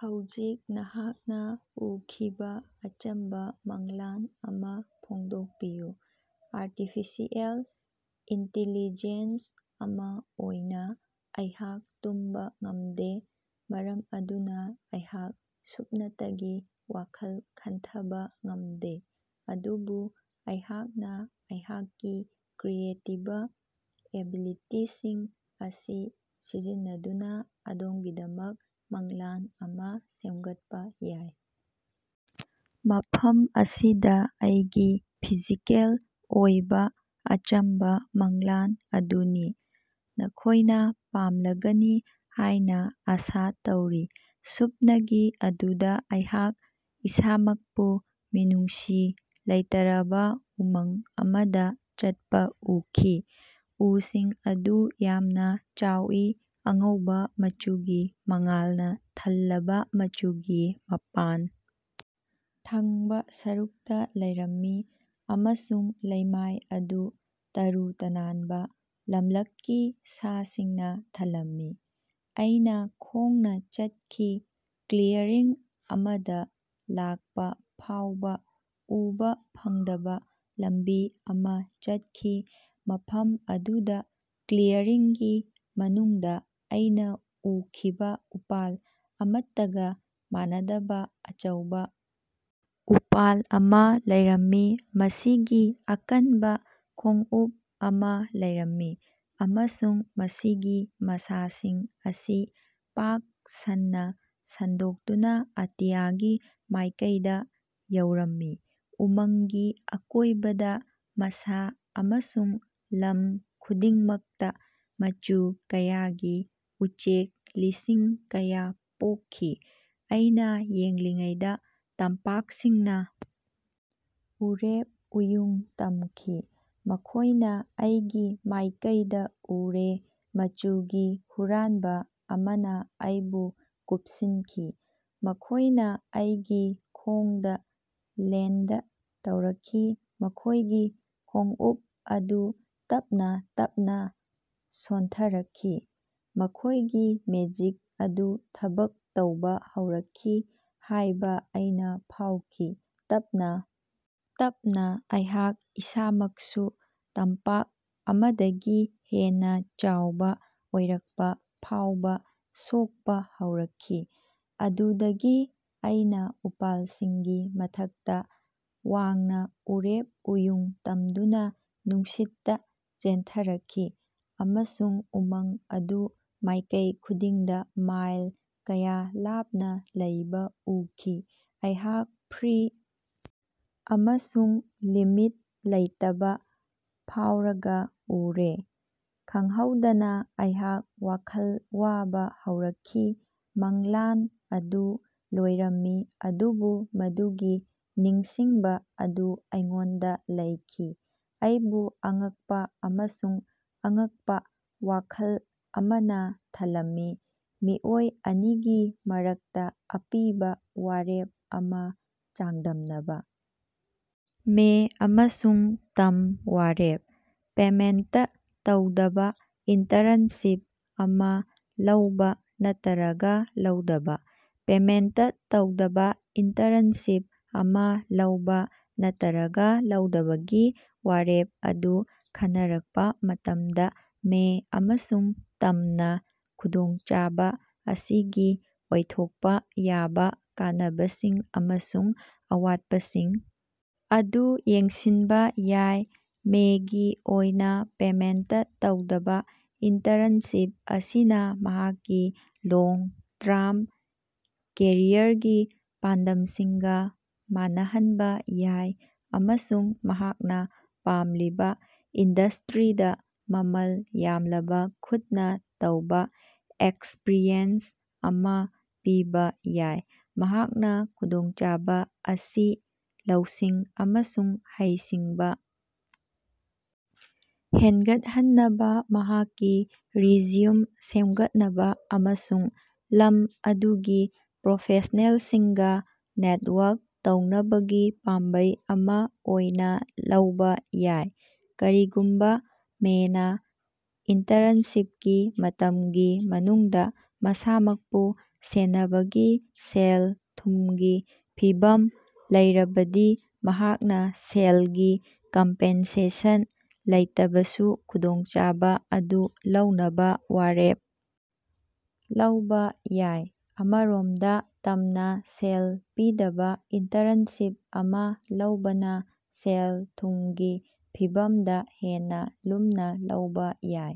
ꯍꯧꯖꯤꯛ ꯅꯍꯥꯛꯅ ꯎꯈꯤꯕ ꯑꯆꯝꯕ ꯃꯪꯂꯥꯟ ꯑꯃ ꯐꯣꯡꯗꯣꯛꯄꯤꯌꯨ꯫ ꯑꯥꯔꯇꯤꯐꯤꯁꯤꯑꯦꯜ ꯏꯟꯇꯤꯂꯤꯖꯦꯟꯁ ꯑꯃ ꯑꯣꯏꯅ ꯑꯩꯍꯥꯛ ꯇꯨꯝꯕ ꯉꯝꯗꯦ, ꯃꯔꯝ ꯑꯗꯨꯅ ꯑꯩꯍꯥꯛ ꯁꯨꯞꯅꯇꯒꯤ ꯋꯥꯈꯜ ꯈꯟꯊꯕꯥ ꯉꯝꯗꯦ꯫ ꯑꯗꯨꯕꯨ ꯑꯩꯍꯥꯛꯅ ꯑꯩꯍꯥꯛꯀꯤ ꯀ꯭ꯔꯤꯌꯦꯇꯤꯕ ꯑꯦꯕꯤꯂꯤꯇꯤꯁꯤꯡ ꯑꯁꯤ ꯁꯤꯖꯤꯟꯅꯗꯨꯅ ꯑꯗꯣꯝꯒꯤꯗꯃꯛ ꯃꯪꯂꯥꯟ ꯑꯃ ꯁꯦꯝꯒꯠꯄ ꯌꯥꯏ꯫ ꯃꯐꯝ ꯑꯁꯤꯗ ꯑꯩꯒꯤ ꯐꯤꯖꯤꯀꯦꯜ ꯑꯣꯏꯕ ꯑꯆꯝꯕ ꯃꯪꯂꯥꯟ ꯑꯗꯨꯅꯤ, ꯅꯈꯣꯏꯅ ꯄꯥꯝꯂꯒꯅꯤ ꯍꯥꯏꯅ ꯑꯥꯁꯥ ꯇꯧꯔꯤ꯫ ꯁꯨꯞꯅꯒꯤ ꯑꯗꯨꯗ ꯑꯩꯍꯥꯛ ꯏꯁꯥꯃꯛꯄꯨ ꯃꯤꯅꯨꯡꯁꯤ ꯂꯩꯇꯔꯕ ꯎꯃꯪ ꯑꯃꯗ ꯆꯠꯄꯥ ꯎꯈꯤ꯫ ꯎꯁꯤꯡ ꯑꯗꯨ ꯌꯥꯝꯅ ꯆꯥꯎꯏ, ꯑꯉꯧꯕ ꯃꯆꯨꯒꯤ ꯃꯉꯥꯜꯅ ꯊꯜꯂꯕꯥ ꯃꯆꯨꯒꯤ ꯃꯄꯥꯟ ꯊꯪꯕ ꯁꯔꯨꯛꯇ ꯂꯩꯔꯝꯃꯤ, ꯑꯃꯁꯨꯡ ꯂꯩꯃꯥꯏ ꯑꯗꯨ ꯇꯔꯨ ꯇꯅꯥꯟꯕ, ꯂꯝꯂꯛꯀꯤ ꯁꯥꯁꯤꯡꯅ ꯊꯜꯂꯝꯃꯤ꯫ ꯑꯩꯅ ꯈꯣꯡꯅ ꯆꯠꯈꯤ, ꯀ꯭ꯂꯤꯌꯔꯤꯡ ꯑꯃꯗ ꯂꯥꯛꯄ ꯐꯥꯎꯕ ꯎꯕꯥ ꯐꯪꯗꯕ ꯂꯝꯕꯤ ꯑꯃ ꯆꯠꯈꯤ꯫ ꯃꯐꯝ ꯑꯗꯨꯗ ꯀ꯭ꯂꯤꯌꯔꯤꯡꯒꯤ ꯃꯅꯨꯡꯗ ꯑꯩꯅ ꯎꯈꯤꯕ ꯎꯄꯥꯜ ꯑꯃꯠꯇꯒ ꯃꯥꯟꯅꯗꯕ ꯑꯆꯧꯕ ꯎꯄꯥꯜ ꯑꯃ ꯂꯩꯔꯝꯃꯤ꯫ ꯃꯁꯤꯒꯤ ꯑꯀꯟꯕ ꯈꯣꯡꯎꯞ ꯑꯃ ꯂꯩꯔꯝꯃꯤ, ꯑꯃꯁꯨꯡ ꯃꯁꯤꯒꯤ ꯃꯁꯥꯁꯤꯡ ꯑꯁꯤ ꯄꯥꯛ ꯁꯟꯅꯥ ꯁꯟꯗꯣꯛꯇꯨꯅ ꯑꯇꯤꯌꯥꯒꯤ ꯃꯥꯏꯀꯩꯗ ꯌꯧꯔꯝꯃꯤ꯫ ꯎꯃꯪꯒꯤ ꯑꯀꯣꯏꯕꯗꯥ, ꯃꯁꯥ ꯑꯃꯁꯨꯡ ꯂꯝ ꯈꯨꯗꯤꯡꯃꯛꯇꯥ ꯃꯆꯨ ꯀꯌꯥꯒꯤ ꯎꯆꯦꯛ ꯂꯤꯁꯤꯡ ꯀꯌꯥ ꯄꯣꯛꯈꯤ꯫ ꯑꯩꯅ ꯌꯦꯡꯂꯤꯉꯩꯗ ꯇꯝꯄꯥꯛꯁꯤꯡꯅ ꯎꯔꯦꯞ ꯎꯌꯨꯡ ꯇꯝꯈꯤ, ꯃꯈꯣꯏꯅ ꯑꯩꯒꯤ ꯃꯥꯏꯀꯩꯗ ꯎꯔꯦ, ꯃꯆꯨꯒꯤ ꯍꯨꯔꯥꯟꯕ ꯑꯃꯅ ꯑꯩꯕꯨ ꯀꯨꯞꯁꯤꯟꯈꯤ꯫ ꯃꯈꯣꯏꯅ ꯑꯩꯒꯤ ꯈꯣꯡꯗ ꯂꯦꯟꯗ ꯇꯧꯔꯛꯈꯤ, ꯃꯈꯣꯏꯒꯤ ꯈꯣꯡꯎꯞ ꯑꯗꯨ ꯇꯞꯅꯥ ꯇꯞꯅꯥ ꯁꯣꯟꯊꯔꯛꯈꯤ, ꯃꯈꯣꯏꯒꯤ ꯃꯦꯖꯤꯛ ꯑꯗꯨ ꯊꯕꯛ ꯇꯧꯕ ꯍꯧꯔꯛꯈꯤ ꯍꯥꯏꯕ ꯑꯩꯅ ꯐꯥꯎꯈꯤ꯫ ꯇꯞꯅꯥ ꯇꯞꯅꯥ ꯑꯩꯍꯥꯛ ꯏꯁꯥꯃꯛꯁꯨ ꯇꯝꯄꯥꯛ ꯑꯃꯗꯒꯤ ꯍꯦꯟꯅ ꯆꯥꯎꯕ ꯑꯣꯏꯔꯛꯄ ꯐꯥꯎꯕ ꯁꯣꯛꯄ ꯍꯧꯔꯛꯈꯤ꯫ ꯑꯗꯨꯗꯒꯤ ꯑꯩꯅ ꯎꯄꯥꯜꯁꯤꯡꯒꯤ ꯃꯊꯛꯇ ꯋꯥꯡꯅ ꯎꯔꯦꯞ ꯎꯌꯨꯡ ꯇꯝꯗꯨꯅ ꯅꯨꯡꯁꯤꯠꯇ ꯆꯦꯟꯊꯔꯛꯈꯤ ꯑꯃꯁꯨꯡ ꯎꯃꯪ ꯑꯗꯨ ꯃꯥꯏꯀꯩ ꯈꯨꯗꯤꯡꯗ ꯃꯥꯏꯜ ꯀꯌꯥ ꯂꯥꯞꯅ ꯂꯩꯕ ꯎꯈꯤ꯫ ꯑꯩꯍꯥꯛ ꯐ꯭ꯔꯤ ꯑꯃꯁꯨꯡ ꯂꯤꯃꯤꯠ ꯂꯩꯇꯕ ꯐꯥꯎꯔꯒ ꯎꯔꯦ, ꯈꯪꯍꯧꯗꯅꯥ ꯑꯩꯍꯥꯛ ꯋꯥꯈꯜ ꯋꯥꯕ ꯍꯧꯔꯛꯈꯤ꯫ ꯃꯪꯂꯥꯟ ꯑꯗꯨ ꯂꯣꯏꯔꯝꯃꯤ ꯑꯗꯨꯕꯨ ꯃꯗꯨꯒꯤ ꯅꯤꯡꯁꯤꯡꯕ ꯑꯗꯨ ꯑꯩꯉꯣꯟꯗ ꯂꯩꯈꯤ, ꯑꯩꯕꯨ ꯑꯉꯛꯄ ꯑꯃꯁꯨꯡ ꯑꯉꯛꯄ ꯋꯥꯈꯜ ꯑꯃꯅ ꯊꯜꯂꯝꯃꯤ꯫ ꯃꯤꯑꯣꯏ ꯑꯅꯤꯒꯤ ꯃꯔꯛꯇ ꯑꯄꯤꯕ ꯋꯥꯔꯦꯞ ꯑꯃ ꯆꯥꯡꯗꯝꯅꯕ꯫ ꯃꯦ ꯑꯃꯁꯨꯡ ꯇꯝ ꯋꯥꯔꯦꯞ - ꯄꯦꯃꯦꯟꯇ ꯇꯧꯗꯕ ꯏꯟꯇꯔꯟꯁꯤꯞ ꯑꯃ ꯂꯧꯕ ꯅꯠꯇꯔꯒ ꯂꯧꯗꯕ꯫ ꯄꯦꯃꯦꯟꯇ ꯇꯧꯗꯕ ꯏꯟꯇꯔꯟꯁꯤꯞ ꯑꯃ ꯂꯧꯕ ꯅꯠꯇꯔꯒ ꯂꯧꯗꯕꯒꯤ ꯋꯥꯔꯦꯞ ꯑꯗꯨ ꯈꯟꯅꯔꯛꯄ ꯃꯇꯝꯗ, ꯃꯦ ꯑꯃꯁꯨꯡ ꯇꯝꯅ ꯈꯨꯗꯣꯡꯆꯥꯕ ꯑꯁꯤꯒꯤ ꯑꯣꯏꯊꯣꯛꯄ ꯌꯥꯕꯥ ꯀꯥꯟꯅꯕꯁꯤꯡ ꯑꯃꯁꯨꯡ ꯑꯋꯥꯠꯄꯁꯤꯡ ꯑꯗꯨ ꯌꯦꯡꯁꯤꯟꯕ ꯌꯥꯏ꯫ ꯃꯦꯒꯤ ꯑꯣꯏꯅ, ꯄꯦꯃꯦꯟꯇ ꯇꯧꯗꯕ ꯏꯟꯇꯔꯟꯁꯤꯞ ꯑꯁꯤꯅ ꯃꯍꯥꯛꯀꯤ ꯂꯣꯡ-ꯇ꯭ꯥꯔꯝ ꯀꯦꯔꯤꯌꯔꯒꯤ ꯄꯥꯟꯗꯝꯁꯤꯡꯒ ꯃꯥꯟꯅꯍꯟꯕ ꯌꯥꯏ ꯑꯃꯁꯨꯡ ꯃꯍꯥꯛꯅ ꯄꯥꯝꯂꯤꯕ ꯏꯟꯗꯁꯇ‍꯭ꯔꯤꯗ ꯃꯃꯜ ꯌꯥꯝꯂꯕ ꯈꯨꯠꯅ ꯇꯧꯕ ꯑꯦꯛꯁꯄ꯭ꯔꯤꯌꯦꯟꯁ ꯑꯃ ꯄꯤꯕ ꯌꯥꯏ꯫ ꯃꯍꯥꯛꯅ ꯈꯨꯗꯣꯡꯆꯥꯕ ꯑꯁꯤ ꯂꯧꯁꯤꯡ ꯑꯃꯁꯨꯡ ꯍꯩꯁꯤꯡꯕ ꯍꯦꯟꯒꯠꯍꯟꯅꯕ, ꯃꯍꯥꯛꯀꯤ ꯔꯤꯖ꯭ꯌꯨꯝ ꯁꯦꯝꯒꯠꯅꯕ ꯑꯃꯁꯨꯡ ꯂꯝ ꯑꯗꯨꯒꯤ ꯄ꯭ꯔꯣꯐꯦꯁ꯭ꯅꯦꯜꯁꯤꯡꯒ ꯅꯦꯠꯋꯔꯛ ꯇꯧꯅꯕꯒꯤ ꯄꯥꯝꯕꯩ ꯑꯃ ꯑꯣꯏꯅ ꯂꯧꯕ ꯌꯥꯏ꯫ ꯀꯔꯤꯒꯨꯝꯕ ꯃꯦꯅꯥ ꯏꯟꯇꯔꯟꯁꯤꯞꯀꯤ ꯃꯇꯝꯒꯤ ꯃꯅꯨꯡꯗ ꯃꯁꯥꯃꯛꯄꯨ ꯁꯦꯟꯅꯕꯒꯤ ꯁꯦꯜ-ꯊꯨꯝꯒꯤ ꯐꯤꯚꯝ ꯂꯩꯔꯕꯗꯤ, ꯃꯍꯥꯛꯅ ꯁꯦꯜꯒꯤ ꯀꯝꯄꯦꯟꯁꯦꯁꯟ ꯂꯩꯇꯕꯁꯨ ꯈꯨꯗꯣꯡꯆꯥꯕ ꯑꯗꯨ ꯂꯧꯅꯕ ꯋꯥꯔꯦꯞ ꯂꯧꯕ ꯌꯥꯏ꯫ ꯑꯃꯔꯣꯝꯗ, ꯇꯝꯅ ꯁꯦꯜ ꯄꯤꯗꯕ ꯏꯟꯇꯔꯟꯁꯤꯞ ꯑꯃ ꯂꯧꯕꯅ ꯁꯦꯜ-ꯊꯨꯝꯒꯤ ꯐꯤꯚꯝꯗ ꯍꯦꯟꯅ ꯂꯨꯝꯅ ꯂꯧꯕ ꯌꯥꯏ꯫